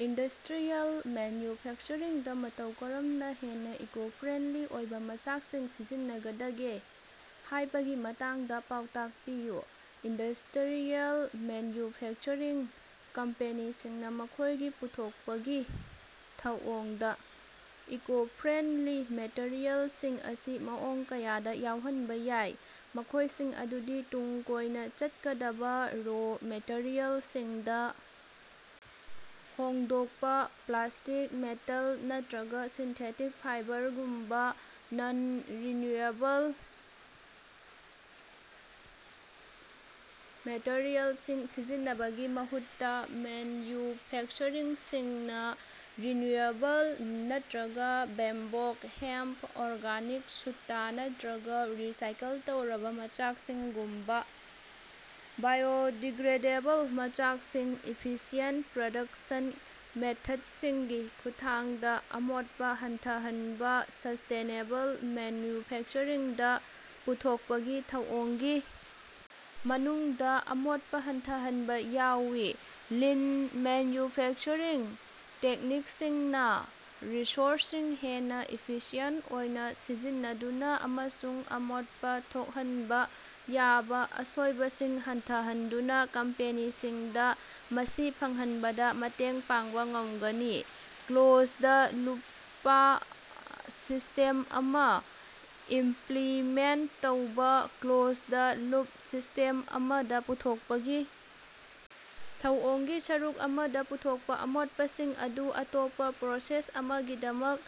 Industrial ꯃꯦꯟꯌꯨꯐꯦꯛꯆꯔꯤꯡꯗ ꯃꯇꯧ ꯀꯔꯝꯅ ꯍꯦꯟꯅ ꯏꯀꯣ-ꯐ꯭ꯔꯦꯟꯗꯂꯤ ꯑꯣꯏꯕ ꯃꯆꯥꯛꯁꯤꯡ ꯁꯤꯖꯤꯟꯅꯒꯗꯒꯦ ꯍꯥꯏꯕꯒꯤ ꯃꯇꯥꯡꯗ ꯄꯥꯎꯇꯥꯛ ꯄꯤꯌꯨ꯫ ꯏꯟꯗꯁ꯭ꯇꯔꯤꯌꯦꯜ ꯃꯦꯟꯌꯨꯐꯦꯛꯆꯔꯤꯡ ꯀꯝꯄꯦꯅꯤꯁꯤꯡꯅ ꯃꯈꯣꯏꯒꯤ ꯄꯨꯊꯣꯛꯄꯒꯤ ꯊꯧꯑꯣꯡꯗ ꯏꯀꯣ-ꯐ꯭ꯔꯦꯟꯗꯂꯤ ꯃꯦꯇꯔꯤꯑꯦꯜꯁꯤꯡ ꯑꯁꯤ ꯃꯑꯣꯡ ꯀꯌꯥꯗ ꯌꯥꯎꯍꯟꯕ ꯌꯥꯏ, ꯃꯈꯣꯏꯁꯤꯡ ꯑꯗꯨꯗꯤ: ꯇꯨꯡ ꯀꯣꯏꯅ ꯆꯠꯀꯗꯕ ꯔꯣ ꯃꯦꯇꯔꯤꯌꯦꯜꯁꯤꯡꯗ ꯍꯣꯡꯗꯣꯛꯄ: ꯄ꯭ꯂꯥꯁ꯭ꯇꯤꯛ, ꯃꯦꯇꯜ, ꯅꯠꯇꯔꯒ ꯁꯤꯟꯊꯦꯇꯤꯛ ꯐꯥꯏꯕꯔꯒꯨꯝꯕ ꯅꯟ-ꯔꯤꯟꯌꯨꯑꯦꯕꯜ ꯃꯦꯇꯔꯤꯑꯦꯜꯁꯤꯡ ꯁꯤꯖꯤꯟꯅꯕꯒꯤ ꯃꯍꯨꯠꯇ, ꯃꯦꯟꯌꯨꯐꯦꯛꯆꯔꯁꯤꯡꯅ ꯔꯤꯟꯌꯨꯑꯦꯕꯜ ꯅꯠꯇꯔꯒ ꯕꯦꯝꯕꯣꯛ, ꯍꯦꯝꯞ, ꯑꯣꯔꯒꯥꯅꯤꯛ ꯁꯨꯇꯥ, ꯅꯠꯇꯔꯒ ꯔꯤꯁꯥꯏꯀꯜ ꯇꯧꯔꯕ ꯃꯆꯥꯛꯁꯤꯡꯒꯨꯝꯕ ꯕꯥꯏꯑꯣꯗꯤꯒ꯭ꯔꯦꯗꯦꯕꯜ ꯃꯆꯥꯛꯁꯤꯡ꯫ ꯏꯐꯤꯁꯤꯌꯦꯟꯠ ꯄ꯭ꯔꯗꯛꯁꯟ ꯃꯦꯊꯠꯁꯤꯡꯒꯤ ꯈꯨꯠꯊꯥꯡꯗ ꯑꯃꯣꯠꯄ ꯍꯟꯊꯍꯟꯕ: ꯁꯁ꯭ꯇꯦꯅꯦꯕꯜ ꯃꯦꯟꯌꯨꯐꯦꯛꯆꯔꯤꯡꯗ ꯄꯨꯊꯣꯛꯄꯒꯤ ꯊꯧꯑꯣꯡꯒꯤ ꯃꯅꯨꯡꯗ ꯑꯃꯣꯠꯄ ꯍꯟꯊꯍꯟꯕ ꯌꯥꯎꯏ꯫ ꯂꯤꯟ ꯃꯦꯟꯌꯨꯐꯦꯛꯆꯔꯤꯡ ꯇꯦꯛꯅꯤꯛꯁꯤꯡꯅ ꯔꯤꯁꯣꯔꯁꯁꯤꯡ ꯍꯦꯟꯅ ꯏꯐꯤꯁꯤꯑꯦꯟꯠ ꯑꯣꯏꯅ ꯁꯤꯖꯤꯟꯅꯗꯨꯅ ꯑꯃꯁꯨꯡ ꯑꯃꯣꯠꯄ ꯊꯣꯛꯍꯟꯕ ꯌꯥꯕ ꯑꯁꯣꯏꯕꯁꯤꯡ ꯍꯟꯊꯍꯟꯗꯨꯅ ꯀꯝꯄꯦꯅꯤꯁꯤꯡꯗ ꯃꯁꯤ ꯐꯪꯍꯟꯕꯗ ꯃꯇꯦꯡ ꯄꯥꯡꯕ ꯉꯝꯒꯅꯤ꯫ ꯀ꯭ꯂꯣꯖꯗ-ꯂꯨꯞ ꯁꯤꯁ꯭ꯇꯦꯝ ꯑꯃꯥ ꯏꯝꯄꯂꯤꯃꯦꯟꯠ ꯇꯧꯕꯥ: ꯀ꯭ꯂꯣꯖꯗ-ꯂꯨꯞ ꯁꯤꯁ꯭ꯇꯦꯝ ꯑꯃꯗ, ꯄꯨꯊꯣꯛꯄꯒꯤ ꯊꯧꯑꯣꯡꯒꯤ ꯁꯔꯨꯛ ꯑꯃꯗ ꯄꯨꯊꯣꯛꯄ ꯑꯃꯣꯠꯄꯁꯤꯡ ꯑꯗꯨ ꯑꯇꯣꯞꯄ ꯄ꯭ꯔꯣꯁꯦꯁ ꯑꯃꯒꯤꯗꯃꯛ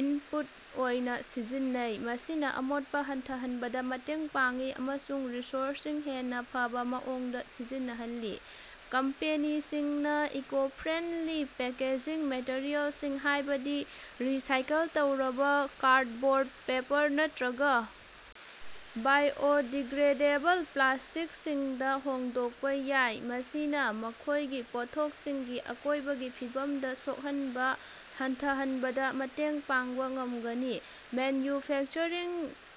ꯏꯟꯄꯨꯠ ꯑꯣꯏꯅ ꯁꯤꯖꯤꯟꯅꯩ꯫ ꯃꯁꯤꯅ ꯑꯃꯣꯠꯄ ꯍꯟꯊꯍꯟꯕꯗ ꯃꯇꯦꯡ ꯄꯥꯡꯏ ꯑꯃꯁꯨꯡ ꯔꯤꯁꯣꯔꯁꯁꯤꯡ ꯍꯦꯟꯅ ꯐꯕ ꯃꯑꯣꯡꯗ ꯁꯤꯖꯤꯟꯅꯍꯜꯂꯤ꯫ ꯀꯝꯄꯦꯅꯤꯁꯤꯡꯅ ꯏꯀꯣ-ꯐ꯭ꯔꯦꯟꯗꯂꯤ ꯄꯦꯀꯦꯖꯤꯡ ꯃꯦꯇꯔꯤꯑꯦꯜꯁꯤꯡ ꯍꯥꯏꯕꯗꯤ ꯔꯤꯁꯥꯏꯀꯜ ꯇꯧꯔꯕ ꯀꯥꯔꯗꯕꯣꯔꯗ, ꯄꯦꯄꯔ, ꯅꯠꯇꯔꯒ ꯕꯥꯏꯑꯣꯗꯤꯒ꯭ꯔꯦꯗꯦꯕꯜ ꯄ꯭ꯂꯥꯁ꯭ꯇꯤꯛꯁꯤꯡꯗ ꯍꯣꯡꯗꯣꯛꯄ ꯌꯥꯏ꯫ ꯃꯁꯤꯅ ꯃꯈꯣꯏꯒꯤ ꯄꯣꯠꯊꯣꯛꯁꯤꯡꯒꯤ ꯑꯀꯣꯏꯕꯒꯤ ꯐꯤꯕꯝꯗ ꯁꯣꯛꯍꯟꯕ ꯍꯟꯊꯍꯟꯕꯗ ꯃꯇꯦꯡ ꯄꯥꯡꯕ ꯉꯝꯒꯅꯤ꯫ ꯃꯦꯟꯌꯨꯐꯦꯛꯆꯔꯤꯡ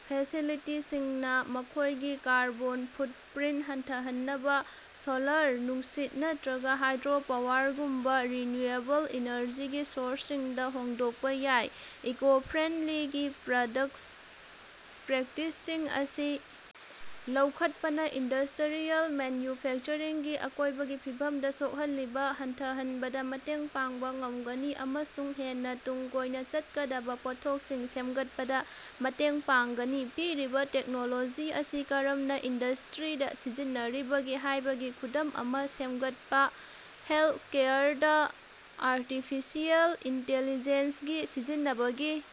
ꯐꯦꯁꯤꯂꯤꯇꯤꯁꯤꯡꯅ ꯃꯈꯣꯏꯒꯤ ꯀꯥꯔꯕꯣꯟ ꯐꯨꯠꯄꯔꯤꯟꯠ ꯍꯟꯊꯍꯟꯅꯕ ꯁꯣꯂꯥꯔ, ꯅꯨꯡꯁꯤꯠ, ꯅꯠꯇꯔꯒ ꯍꯥꯏꯗ꯭ꯔꯣ ꯄꯥꯋꯔꯒꯨꯝꯕ ꯔꯤꯅ꯭ꯌꯨꯑꯦꯕꯜ ꯏꯅꯔꯖꯤꯒꯤ ꯁꯣꯔꯁꯁꯤꯡꯗ ꯍꯣꯡꯗꯣꯛꯄ ꯌꯥꯏ꯫ ꯏꯀꯣ-ꯐ꯭ꯔꯦꯟꯂꯤ ꯄ꯭ꯔꯥꯗꯛ ꯄ꯭ꯔꯦꯛꯇꯤꯁꯁꯤꯡ ꯑꯁꯤ ꯂꯧꯈꯠꯄꯅ ꯏꯟꯗꯁ꯭ꯇꯔꯤꯌꯦꯜ ꯃꯦꯟꯌꯨꯐꯦꯛꯆꯔꯤꯡꯒꯤ ꯑꯀꯣꯏꯕꯒꯤ ꯐꯤꯕꯝꯗ ꯁꯣꯛꯍꯜꯂꯤꯕ ꯍꯟꯊꯍꯟꯕꯗ ꯃꯇꯦꯡ ꯄꯥꯡꯕ ꯉꯝꯒꯅꯤ ꯑꯃꯁꯨꯡ ꯍꯦꯟꯅ ꯇꯨꯡ ꯀꯣꯏꯅ ꯆꯠꯀꯗꯕ ꯄꯣꯠꯊꯣꯛꯁꯤꯡ ꯁꯦꯝꯒꯠꯄꯗ ꯃꯇꯦꯡ ꯄꯥꯡꯒꯅꯤ꯫ ꯄꯤꯔꯤꯕ ꯇꯦꯛꯅꯣꯂꯣꯖꯤ ꯑꯁꯤ ꯀꯔꯝꯅ ꯏꯟꯗꯁ꯭ꯇꯔꯤꯗꯥ ꯁꯤꯖꯤꯟꯅꯔꯤꯕꯒꯦ ꯍꯥꯏꯕꯒꯤ ꯈꯨꯗꯝ ꯑꯃꯥ ꯁꯦꯝꯒꯠꯄꯥ꯫ ꯍꯦꯜꯊꯀꯦꯌꯔꯗ ꯑꯥꯔꯇꯤꯐꯤꯁꯤꯑꯦꯜ ꯏꯟꯇꯤꯂꯤꯖ‌ꯦꯟꯁꯒꯤ ꯁꯤꯖꯤꯟꯅꯕꯒꯤ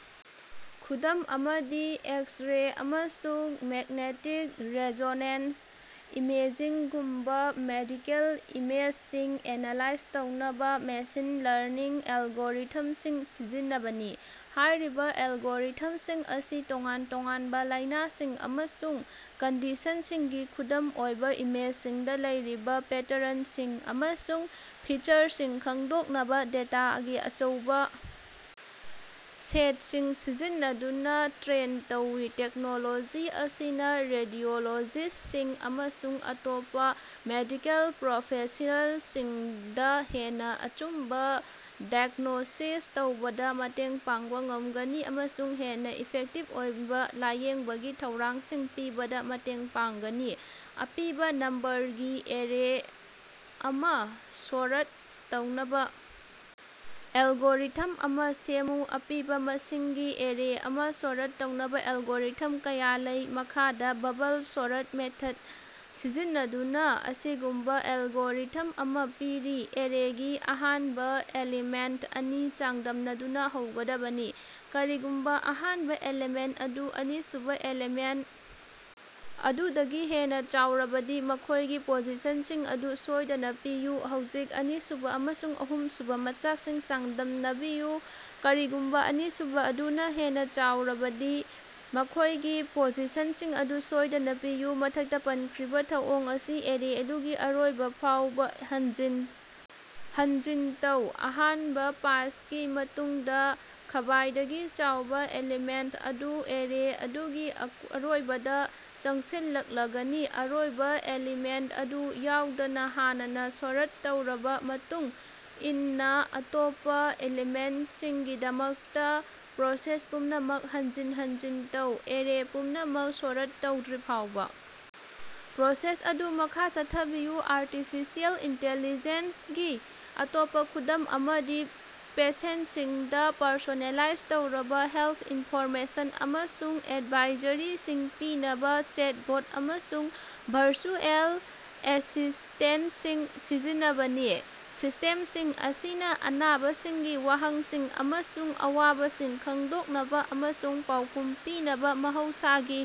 ꯈꯨꯗꯝ ꯑꯃꯗꯤ ꯑꯦꯛꯁ-ꯔꯦ ꯑꯃꯁꯨꯡ ꯃ‌ꯦꯛꯅ‌ꯦꯇꯤꯛ ꯔ‌ꯦꯖ‌ꯣꯅ‌ꯦꯟꯁ ꯏꯃ‌ꯦꯖꯤꯡꯒꯨꯝꯕ ꯃꯦꯗꯤꯀꯦꯜ ꯏꯃꯦꯖꯁꯤꯡ ꯑꯦꯅꯥꯂꯥꯏꯖ ꯇꯧꯅꯕ ꯃꯦꯁꯤꯟ ꯂꯔꯅꯤꯡ ꯑꯦꯜꯒꯣꯔꯤꯊꯝꯁꯤꯡ ꯁꯤꯖꯤꯟꯅꯕꯅꯤ꯫ ꯍꯥꯏꯔꯤꯕ ꯑꯦꯜꯒꯣꯔꯤꯊꯝꯁꯤꯡ ꯑꯁꯤ ꯇꯣꯉꯥꯟ ꯇꯣꯉꯥꯟꯕ ꯂꯥꯏꯅꯥꯁꯤꯡ ꯑꯃꯁꯨꯡ ꯀꯟꯗꯤꯁꯟꯁꯤꯡꯒꯤ ꯈꯨꯗꯝ ꯑꯣꯏꯕ ꯏꯃꯦꯖꯁꯤꯡꯗ ꯂꯩꯔꯤꯕ ꯄꯦꯇꯔꯟꯁꯤꯡ ꯑꯃꯁꯨꯡ ꯐꯤꯆꯔꯁꯤꯡ ꯈꯪꯗꯣꯛꯅꯕ ꯗꯦꯇꯥꯒꯤ ꯑꯆꯧꯕ ꯁꯦꯠꯁꯤꯡ ꯁꯤꯖꯤꯟꯅꯗꯨꯅ ꯇ꯭ꯔꯦꯟ ꯇꯧꯏ꯫ ꯇꯦꯛꯅꯣꯂꯣꯖꯤ ꯑꯁꯤꯅ ꯔꯦꯗꯤꯑꯣꯂꯣꯖꯤꯁ꯭ꯠꯁꯤꯡ ꯑꯃꯁꯨꯡ ꯑꯇꯣꯞꯄ ꯃꯦꯗꯤꯀꯦꯜ ꯄ꯭ꯔꯣꯐꯦꯁ꯭ꯅꯦꯜꯁꯤꯡꯗ ꯍꯦꯟꯅꯥ ꯑꯆꯨꯝꯕ ꯗꯥꯏꯒ꯭ꯅꯣꯁꯤꯁ ꯇꯧꯕꯗꯥ ꯃꯇꯦꯡ ꯄꯥꯡꯕꯥ ꯉꯝꯒꯅꯤ ꯑꯃꯁꯨꯡ ꯍꯦꯟꯅꯥ ꯏꯐꯦꯛꯇꯤꯕ ꯑꯣꯏꯕꯥ ꯂꯥꯌꯦꯡꯕꯒꯤ ꯊꯧꯔꯥꯡꯁꯤꯡ ꯄꯤꯕꯗ ꯃꯇꯦꯡ ꯄꯥꯡꯒꯅꯤ꯫ ꯑꯄꯤꯕꯥ ꯅꯝꯕꯔꯒꯤ ꯑꯦꯔꯦ ꯑꯃꯥ ꯁꯣꯔꯠ ꯇꯧꯅꯕ ꯑꯦꯂꯒꯣꯔꯤꯊꯝ ꯑꯃꯥ ꯁꯦꯝꯃꯨ꯫ ꯑꯄꯤꯕꯥ ꯃꯁꯤꯡꯒꯤ ꯑꯦꯔꯦ ꯑꯃꯥ ꯁꯣꯔꯠ ꯇꯧꯅꯕ ꯑꯦꯜꯒꯣꯔꯤꯊꯝ ꯀꯌꯥ ꯂꯩ꯫ ꯃꯈꯥꯗ ꯕꯕꯜ ꯁꯣꯔꯠ ꯃꯦꯊꯗ ꯁꯤꯖꯤꯟꯅꯗꯨꯅ ꯑꯁꯤꯒꯨꯝꯕ ꯑꯦꯜꯒꯣꯔꯤꯊꯝ ꯑꯃ ꯄꯤꯔꯤ: ꯑꯦꯔꯦꯒꯤ ꯑꯍꯥꯟꯕ ꯑꯦꯂꯤꯃꯦꯟꯠ ꯑꯅꯤ ꯆꯥꯡꯗꯝꯅꯗꯨꯅ ꯍꯧꯒꯗꯕꯅꯤ꯫ ꯀꯔꯤꯒꯨꯝꯕ ꯑꯍꯥꯟꯕ ꯑꯦꯂꯤꯃꯦꯟꯠ ꯑꯗꯨ ꯑꯅꯤꯁꯨꯕ ꯑꯦꯂꯤꯃꯦꯟꯠ ꯑꯗꯨꯗꯒꯤ ꯍꯦꯟꯅ ꯆꯥꯎꯔꯕꯗꯤ, ꯃꯈꯣꯏꯒꯤ ꯄꯣꯖꯤꯁꯟꯁꯤꯡ ꯑꯗꯨ ꯁꯣꯏꯗꯅ ꯄꯤꯌꯨ꯫ ꯍꯧꯖꯤꯛ, ꯑꯅꯤꯁꯨꯕ ꯑꯃꯁꯨꯡ ꯑꯍꯨꯝꯁꯨꯕ ꯃꯆꯥꯛꯁꯤꯡ ꯆꯥꯡꯗꯝꯅꯕꯤꯌꯨ꯫ ꯀꯔꯤꯒꯨꯝꯕ ꯑꯅꯤꯁꯨꯕ ꯑꯗꯨ ꯍꯦꯟꯅ ꯆꯥꯎꯔꯕꯗꯤ, ꯃꯈꯣꯏꯒꯤ ꯄꯣꯖꯤꯁꯟꯁꯤꯡ ꯑꯗꯨ ꯁꯣꯏꯗꯅ ꯄꯤꯌꯨ꯫ ꯃꯊꯛꯇ ꯄꯟꯈ꯭ꯔꯤꯕ ꯊꯧꯑꯣꯡ ꯑꯁꯤ ꯑꯦꯔꯦ ꯑꯗꯨꯒꯤ ꯑꯔꯣꯏꯕ ꯐꯥꯎꯕꯥ ꯍꯟꯖꯤꯟ ꯍꯟꯖꯤꯟ ꯇꯧ꯫ ꯑꯍꯥꯟꯕ ꯄꯥꯁꯀꯤ ꯃꯇꯨꯡꯗ ꯈ꯭ꯕꯥꯏꯗꯒꯤ ꯆꯥꯎꯕ ꯑꯦꯂꯤꯃꯦꯟꯠ ꯑꯗꯨ ꯑꯦꯔꯦ ꯑꯗꯨꯒꯤ ꯑꯔꯣꯏꯕꯗ ꯆꯪꯁꯤꯜꯂꯛꯂꯒꯅꯤ꯫ ꯑꯔꯣꯏꯕ ꯑꯦꯂꯤꯃꯦꯟꯠ ꯑꯗꯨ ꯌꯥꯎꯗꯅ ꯍꯥꯟꯅꯅꯥ ꯁꯣꯔꯠ ꯇꯧꯔꯕ ꯃꯇꯨꯡ ꯏꯟꯅ ꯑꯇꯣꯞꯄ ꯑꯦꯂꯤꯃꯦꯟꯠꯁꯤꯡꯒꯤꯗꯃꯛꯇ ꯄ꯭ꯔꯣꯁꯦꯁ ꯄꯨꯝꯅꯃꯛ ꯍꯟꯖꯤꯟ ꯍꯟꯖꯤꯟ ꯇꯧ꯫ ꯑꯦꯔꯦ ꯄꯨꯝꯅꯃꯛ ꯁꯣꯔꯠ ꯇꯧꯗ꯭ꯔꯤꯐꯥꯎꯕ ꯄ꯭ꯔꯣꯁꯦꯁ ꯑꯗꯨ ꯃꯈꯥ ꯆꯠꯊꯕꯤꯌꯨ꯫ ꯑꯥꯔꯇꯤꯐꯤꯁꯤꯑꯦꯜ ꯏꯟꯇꯤꯂꯤꯖ‌ꯦꯟꯁꯒꯤ ꯑꯇꯣꯞꯄ ꯈꯨꯗꯝ ꯑꯃꯗꯤ ꯄꯦꯁꯦꯟꯠꯁꯤꯡꯗ ꯄꯔꯁꯣꯅꯦꯂꯥꯏꯖ ꯇꯧꯔꯕ ꯍꯦꯜꯊ ꯏꯟꯐꯣꯔꯃꯦꯁꯟ ꯑꯃꯁꯨꯡ ꯑꯦꯗꯚꯥꯏꯖꯔꯤꯁꯤꯡ ꯄꯤꯅꯕ ꯆꯦꯠꯕꯣꯠ ꯑꯃꯁꯨꯡ ꯚꯔꯆꯨꯑꯦꯜ ꯑꯦꯁꯤꯁ꯭ꯇꯦꯟꯠꯁꯤꯡ ꯁꯤꯖꯤꯟꯅꯕꯅꯤ꯫ ꯁꯤꯁ꯭ꯇꯦꯝꯁꯤꯡ ꯑꯁꯤꯅ ꯑꯅꯥꯕꯁꯤꯡꯒꯤ ꯋꯥꯍꯪꯁꯤꯡ ꯑꯃꯁꯨꯡ ꯑꯋꯥꯕꯁꯤꯡ ꯈꯪꯗꯣꯛꯅꯕ ꯑꯃꯁꯨꯡ ꯄꯥꯎꯈꯨꯝ ꯄꯤꯅꯕ ꯃꯍꯧꯁꯥꯒꯤ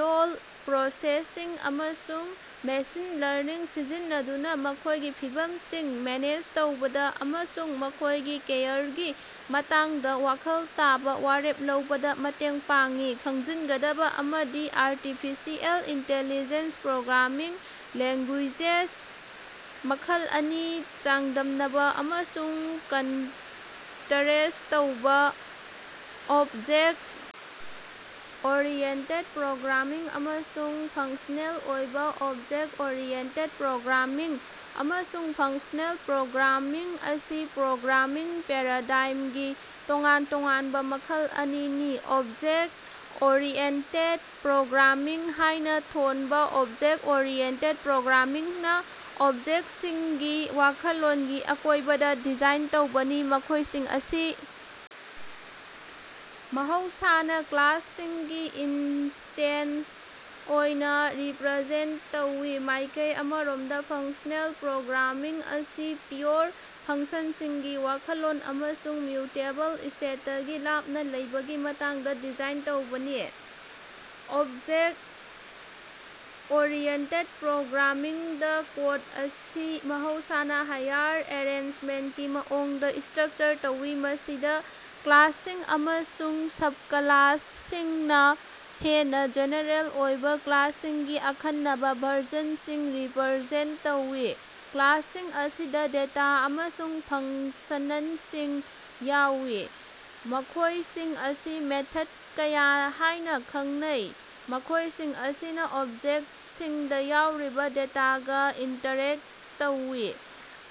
ꯂꯣꯜ ꯄ꯭ꯔꯣꯁꯦꯁꯤꯡ ꯑꯃꯁꯨꯡ ꯃꯦꯁꯤꯟ ꯂꯔꯅꯤꯡ ꯁꯤꯖꯤꯟꯅꯗꯨꯅ ꯃꯈꯣꯏꯒꯤ ꯐꯤꯚꯝꯁꯤꯡ ꯃꯦꯅꯦꯖ ꯇꯧꯕꯗ ꯑꯃꯁꯨꯡ ꯃꯈꯣꯏꯒꯤ ꯀꯦꯌꯔꯒꯤ ꯃꯇꯥꯡꯗ ꯋꯥꯈꯜ ꯇꯥꯕ ꯋꯥꯔꯦꯞ ꯂꯧꯕꯗ ꯃꯇꯦꯡ ꯄꯥꯡꯏ꯫ ꯈꯪꯖꯤꯟꯒꯗꯕ ꯑꯃꯗꯤ, ꯑꯥꯔꯇꯤꯐꯤꯁꯤꯑꯦꯜ ꯏꯟꯇꯤꯂꯤꯖ‌ꯦꯟꯁ ꯄ꯭ꯔꯣꯒ꯭ꯔꯥꯃꯤꯡ ꯂꯦꯡꯒꯨꯌꯦꯖ ꯃꯈꯜ ꯑꯅꯤ ꯆꯥꯡꯗꯝꯅꯕ ꯑꯃꯁꯨꯡ ꯀꯟꯇꯔꯦꯁ꯭ꯠ ꯇꯧꯕꯥ꯫ ꯑꯣꯞꯖ‌ꯦꯛ ꯑꯣꯔꯤꯌ‌ꯦꯟꯇ‌ꯦꯠ ꯄꯔ‌ꯣꯒꯔꯥꯃꯤꯡ ꯑꯃꯁꯨꯡ ꯐꯪꯁ꯭ꯅꯦꯜ ꯑꯣꯏꯕꯥ꯫ ꯑꯣꯞꯖ‌ꯦꯛ ꯑꯣꯔꯤꯌ‌ꯦꯟꯇ‌ꯦꯠ ꯄꯔ‌ꯣꯒꯔꯥꯃꯤꯡ ꯑꯃꯁꯨꯡ ꯐꯪꯁ꯭ꯅꯦꯜ ꯄ꯭ꯔꯣꯒ꯭ꯔꯥꯃꯤꯡ ꯑꯁꯤ ꯄ꯭ꯔꯣꯒ꯭ꯔꯥꯃꯤꯡ ꯄꯦꯔꯥꯗꯥꯏꯝꯒꯤ ꯇꯣꯉꯥꯟ ꯇꯣꯉꯥꯟꯕ ꯃꯈꯜ ꯑꯅꯤꯅꯤ꯫ ꯑꯣꯕꯖꯦꯛꯠ ꯑꯣꯔꯤꯑꯦꯟꯇꯦꯗ ꯄ꯭ꯔꯣꯒ꯭ꯔꯥꯃꯤꯡ ꯍꯥꯏꯅ ꯊꯣꯟꯕ ꯑꯣꯞꯖ‌ꯦꯛ ꯑꯣꯔꯤꯌ‌ꯦꯟꯇ‌ꯦꯠ ꯄꯔ‌ꯣꯒꯔꯥꯃꯤꯡꯅ ꯑꯣꯕꯖꯦꯛꯠꯁꯤꯡꯒꯤ ꯋꯥꯈꯜꯂꯣꯟꯒꯤ ꯑꯀꯣꯏꯕꯗ ꯗꯤꯖꯥꯏꯟ ꯇꯧꯕꯅꯤ, ꯃꯈꯣꯏꯁꯤꯡ ꯑꯁꯤ ꯃꯍꯧꯁꯥꯅ ꯀ꯭ꯂꯥꯁꯁꯤꯡꯒꯤ ꯏꯟꯁꯇꯦꯟꯁ ꯑꯣꯏꯅ ꯔꯤꯄꯔꯖꯦꯟꯇ ꯇꯧꯏ꯫ ꯃꯥꯏꯀꯩ ꯑꯃꯔꯣꯝꯗ, ꯐꯪꯁ꯭ꯅꯦꯜ ꯄ꯭ꯔꯣꯒ꯭ꯔꯥꯃꯤꯡ ꯑꯁꯤ ꯄ꯭ꯌꯨꯔ ꯐꯪꯁꯟꯁꯤꯡꯒꯤ ꯋꯥꯈꯜꯂꯣꯟ ꯑꯃꯁꯨꯡ ꯃ꯭ꯌꯨꯇꯦꯕꯜ ꯁ꯭ꯇꯦꯠꯇꯒꯤ ꯂꯥꯞꯅ ꯂꯩꯕꯒꯤ ꯃꯇꯥꯡꯗ ꯗꯤꯖꯥꯏꯟ ꯇꯧꯕꯅꯤ꯫ ꯑꯣꯞꯖ‌ꯦꯛ ꯑꯣꯔꯤꯌ‌ꯦꯟꯇ‌ꯦꯠ ꯄꯔ‌ꯣꯒꯔꯥꯃꯤꯡꯗꯥ, ꯀꯣꯗ ꯑꯁꯤ ꯃꯍꯧꯁꯥꯅ ꯍꯥꯌꯔ ꯑꯦꯔꯦꯟꯖꯃꯦꯟꯠꯀꯤ ꯃꯑꯣꯡꯗ ꯁ꯭ꯇꯔꯛꯆꯔ ꯇꯧꯏ, ꯃꯁꯤꯗ ꯀ꯭ꯂꯥꯁꯁꯤꯡ ꯑꯃꯁꯨꯡ ꯁꯕꯀꯂꯥꯁꯁꯤꯡꯅ ꯍꯦꯟꯅ ꯖꯦꯅꯦꯔꯦꯜ ꯑꯣꯏꯕ ꯀ꯭ꯂꯥꯁꯁꯤꯡꯒꯤ ꯑꯈꯟꯅꯕ ꯚꯔꯖꯟꯁꯤꯡ ꯔꯤꯄꯔꯖꯦꯟꯇ ꯇꯧꯏ꯫ ꯀ꯭ꯂꯥꯁꯁꯤꯡ ꯑꯁꯤꯗ ꯗꯦꯇꯥ ꯑꯃꯁꯨꯡ ꯐꯪꯁꯅꯟꯁꯤꯡ ꯌꯥꯎꯏ, ꯃꯈꯣꯌꯁꯤꯡ ꯑꯁꯤ ꯃꯦꯊꯗ ꯍꯥꯌꯅꯥ ꯈꯉꯅꯩ, ꯃꯈꯣꯌꯁꯤꯡ ꯑꯁꯤꯅꯥ ꯑꯣꯕꯖꯦꯛꯇꯁꯤꯡꯗ ꯌꯥꯎꯔꯤꯕꯥ ꯗꯦꯇꯥꯒ ꯏꯟꯇꯔꯦꯛꯇ ꯇꯧꯏ꯫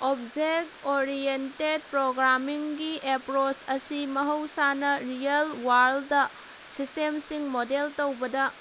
ꯑꯣꯞꯖ‌ꯦꯛ ꯑꯣꯔꯤꯌ‌ꯦꯟꯇ‌ꯦꯠ ꯄꯔ‌ꯣꯒꯔꯥꯃꯤꯡꯒꯤ ꯑꯦꯄꯔꯣꯆ ꯑꯁꯤ ꯃꯍꯧꯁꯥꯅ ꯔꯤꯑꯦꯜ-ꯋꯥꯔꯜꯗ ꯁꯤꯁ꯭ꯇꯦꯝꯁꯤꯡ ꯃꯣꯗꯦꯜ ꯇꯧꯕꯗ